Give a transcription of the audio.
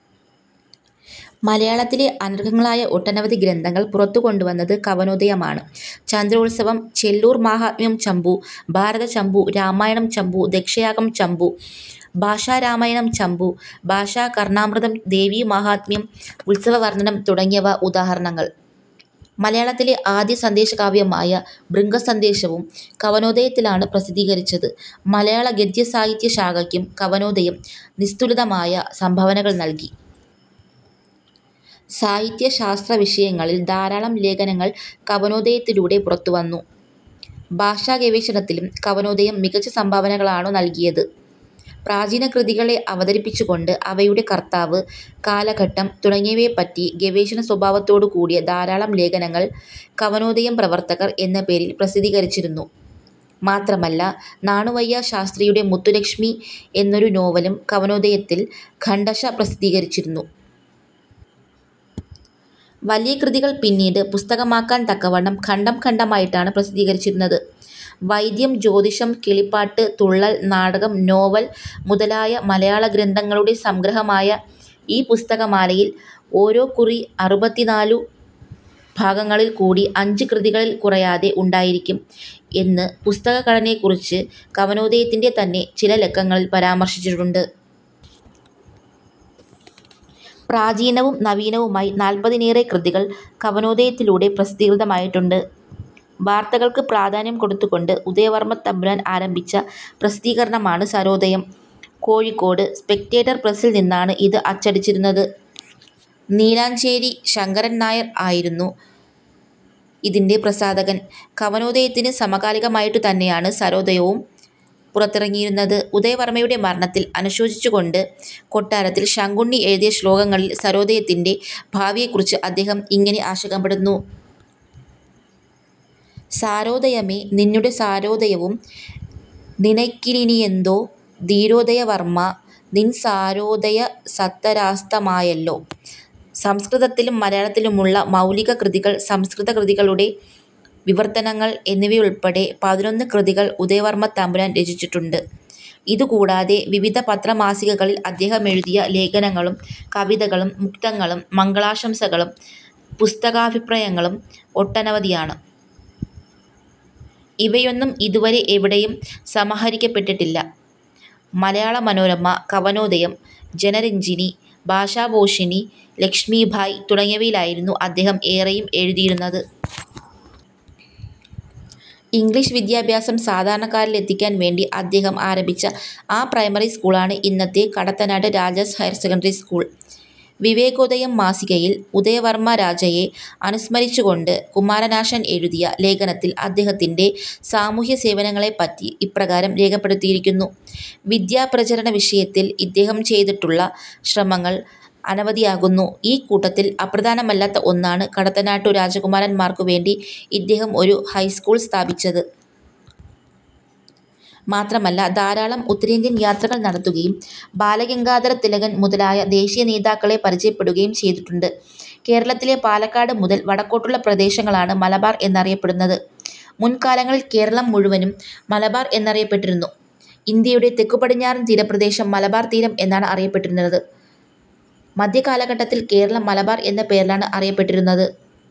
മലയാളത്തിലെ അനർഘങ്ങളായ ഒട്ടനവധി ഗ്രന്ഥങ്ങൾ പുറത്തുകൊണ്ടുവന്നത് കവനോദയമാണ്. ചന്ദ്രോത്സവം, ചെല്ലൂർ മാഹാത്മ്യം ചമ്പു, ഭാരതചമ്പു, രാമായണം ചമ്പു, ദക്ഷയാഗം ചമ്പു, ഭാഷാരാമായണം ചമ്പു, ഭാഷാകർണാമൃതം, ദേവീമാഹാത്മ്യം, ഉത്സവവർണ്ണനം തുടങ്ങിയവ ഉദാഹരണങ്ങൾ. മലയാളത്തിലെ ആദ്യ സന്ദേശകാവ്യമായ ഭൃംഗസന്ദേശവും കവനോദയത്തിലാണ് പ്രസിദ്ധീകരിച്ചത്. മലയാള ഗദ്യസാഹിത്യ ശാഖയ്ക്കും കവനോദയം നിസ്തുലമായ സംഭാവനകൾനല്കി. സാഹിത്യ-ശാസ്ത്ര വിഷയങ്ങളിൽ ധാരാളം ലേഖനങ്ങൾ കവനോദയത്തിലൂടെ പുറത്തുവന്നു. ഭാഷാഗവേഷണത്തിലും കവനോദയം മികച്ച സംഭാവനകളാണു നല്കിയത്. പ്രാചീനകൃതികളെ അവതരിപ്പിച്ചുകൊണ്ട് അവയുടെ കർത്താവ്, കാലഘട്ടം തുടങ്ങിയവയെപ്പറ്റി ഗവേഷണസ്വഭാവത്തോടുകൂടിയ ധാരാളം ലേഖനങ്ങൾ 'കവനോദയം പ്രവർത്തകർ' എന്ന പേരിൽ പ്രസിദ്ധീകരിച്ചിരുന്നു. മാത്രമല്ല നാണുവയ്യാ ശാസ്ത്രിയുടെ മുത്തുലക്ഷ്മി എന്നൊരു നോവലും കവനോദയത്തിൽ ഖണ്ഡശ്ശ പ്രസിദ്ധീകരിച്ചിരുന്നു. വലിയകൃതികൾ പിന്നീട് പുസ്തകമാക്കാൻ തക്കവണ്ണം ഖണ്ഡം ഖണ്ഡമായിട്ടാണ് പ്രസിദ്ധീകരിച്ചിരുന്നത്. 'വൈദ്യം, ജ്യോതിഷം, കിളിപ്പാട്ട്, തുള്ളൽ, നാടകം, നോവൽ മുതലയ മലയാള ഗ്രന്ഥങ്ങളുടെ സംഗ്രഹമായ ഈ പുസ്തകമാലയിൽ ഓരോകുറി അറുപത്തിനാലു ഭാഗങ്ങളിൽ കൂടി അഞ്ച് കൃതികളിൽ കുറയാതെ ഉണ്ടായിരിക്കും' എന്ന് പുസ്തക ഘടനയെക്കുറിച്ച് കവനോദയത്തിന്റെ തന്നെ ചില ലക്കങ്ങളിൽ പരാമർശിച്ചിട്ടുണ്ട്. പ്രാചീനവും നവീനവുമായി നാൽപ്പതിനേറെ കൃതികൾ കവനോദയത്തിലൂടെ പ്രസിദ്ധീകൃതമായിട്ടുണ്ട്. വാർത്തകൾക്ക് പ്രാധാന്യം കൊടുത്തുകൊണ്ട് ഉദയവർമ്മത്തമ്പുരാൻ ആരംഭിച്ച പ്രസിദ്ധീകരണമാണ് സാരോദയം. കോഴിക്കോട് സ്പെക്ടേറ്റർ പ്രസ്സിൽ നിന്നാണ് ഇത് അച്ചടിച്ചിരുന്നത്. നീലഞ്ചേരി ശങ്കരൻ നായർ ആയിരുന്നു ഇതിന്റെ പ്രസാധകൻ. കവനോദയത്തിന് സമകാലികമായിട്ടുതന്നെയാണ് സാരോദയവും പുറത്തിറങ്ങിയിരുന്നത്. ഉദയവർമ്മയുടെ മരണത്തിൽ അനുശോചിച്ചുകൊണ്ട് കൊട്ടാരത്തിൽ ശങ്കുണ്ണി എഴുതിയ ശ്ലോകങ്ങളിൽ സാരോദയത്തിന്റെ ഭാവിയെക്കുറിച്ച് അദ്ദേഹം ഇങ്ങനെ ആശങ്കപ്പെടുന്നു. 'സാരോദയമേ! നിന്നുടെസാരോദയവും നിനയ്ക്കിലിനിയെന്തോ! ധീരോദയവർമ്മാ നിൻസാരോദയസത്തരാസ്തമായല്ലോ' സംസ്കൃതത്തിലും മലയാളത്തിലുമുള്ള മൗലിക കൃതികൾ, സംസ്കൃത കൃതികളുടെ വിവർത്തനങ്ങൾ എന്നിവയുൾപ്പെടെ പതിനൊന്ന് കൃതികൾ ഉദയവർമ്മത്തമ്പുരാൻ രചിച്ചിട്ടുണ്ട്. ഇതുകൂടാതെ വിവിധ പത്ര മാസികകളിൽ അദ്ദേഹമെഴുതിയ ലേഖനങ്ങളും കവിതകളും മുക്തകങ്ങളും മംഗളാശംസകളും പുസ്തകാഭിപ്രായങ്ങളും ഒട്ടനവധിയാണ്. ഇവയൊന്നും ഇതുവരെ എവിടെയും സമാഹരിക്കപ്പെട്ടിട്ടില്ല. മലയാളമനോരമ, കവനോദയം, ജനരഞ്ജിനി, ഭാഷാപോഷിണി, ലക്ഷ്മീഭായ് തുടങ്ങിയവയിലായിരുന്നു അദ്ദേഹം ഏറെയും എഴുതിയിരുന്നത്. ഇംഗ്ലീഷ് വിദ്യാഭ്യാസം സാധാരണക്കാരിലെത്തിക്കാൻ വേണ്ടി അദ്ദേഹം ആരംഭിച്ച ആ പ്രൈമറി സ്കൂളാണ് ഇന്നത്തെ കടത്തനാട്ട് രാജാസ് ഹയർസെക്കന്ററി സ്കൂൾ. വിവേകോദയം മാസികയിൽ ഉദയവർമ്മരജയെ അനുസ്മരിച്ചുകൊണ്ട് കുമാരനാശാൻ എഴുതിയ ലേഖനത്തിൽ അദ്ദേഹത്തിന്റെ സാമൂഹ്യസേവനങ്ങളെപ്പറ്റി ഇപ്രകാരം രേഖപ്പെടുത്തിയിരിക്കുന്നു:'വിദ്യാപ്രചരണ വിഷയത്തിൽ ഇദ്ദേഹം ചെയ്തിട്ടുള്ള ശ്രമങ്ങൾ അനവധിയാകുന്നു. ഈ കൂട്ടത്തിൽ അപ്രധാനമല്ലാത്ത ഒന്നാണ് കടത്തനാട്ടു രാജകുമാരന്മാർക്കുവേണ്ടി ഇദ്ദേഹം ഒരു ഹൈസ്കൂൾ സ്ഥാപിച്ചത്. മാത്രമല്ല ധാരാളം ഉത്തരേന്ത്യൻ യാത്രകൾ നടത്തുകയും ബാലഗംഗാധരതിലകൻ മുതലായ ദേശീയനേതാക്കളെ പരിചയപ്പെടുകയും ചെയ്ചിട്ടുണ്ട്. കേരളത്തിലെ പാലക്കാട് മുതൽ വടക്കോട്ടുള്ള പ്രദേശങ്ങളാണ് മലബാർ എന്നറിയപ്പെടുന്നത്. മുൻകാലങ്ങളിൽ കേരളം മുഴുവനും മലബാർ എന്നറിയപ്പെട്ടിരുന്നു. ഇന്ത്യയുടെ തെക്കുപടിഞ്ഞാറൻ തീരപ്രദേശം മലബാർ തീരം എന്നാണ് അറിയപ്പെട്ടിരുന്നത്. മധ്യ കാലഘട്ടത്തിൽ കേരളം മലബാർ എന്ന പേരിലാണ് അറിയപ്പെട്ടിരുന്നത്.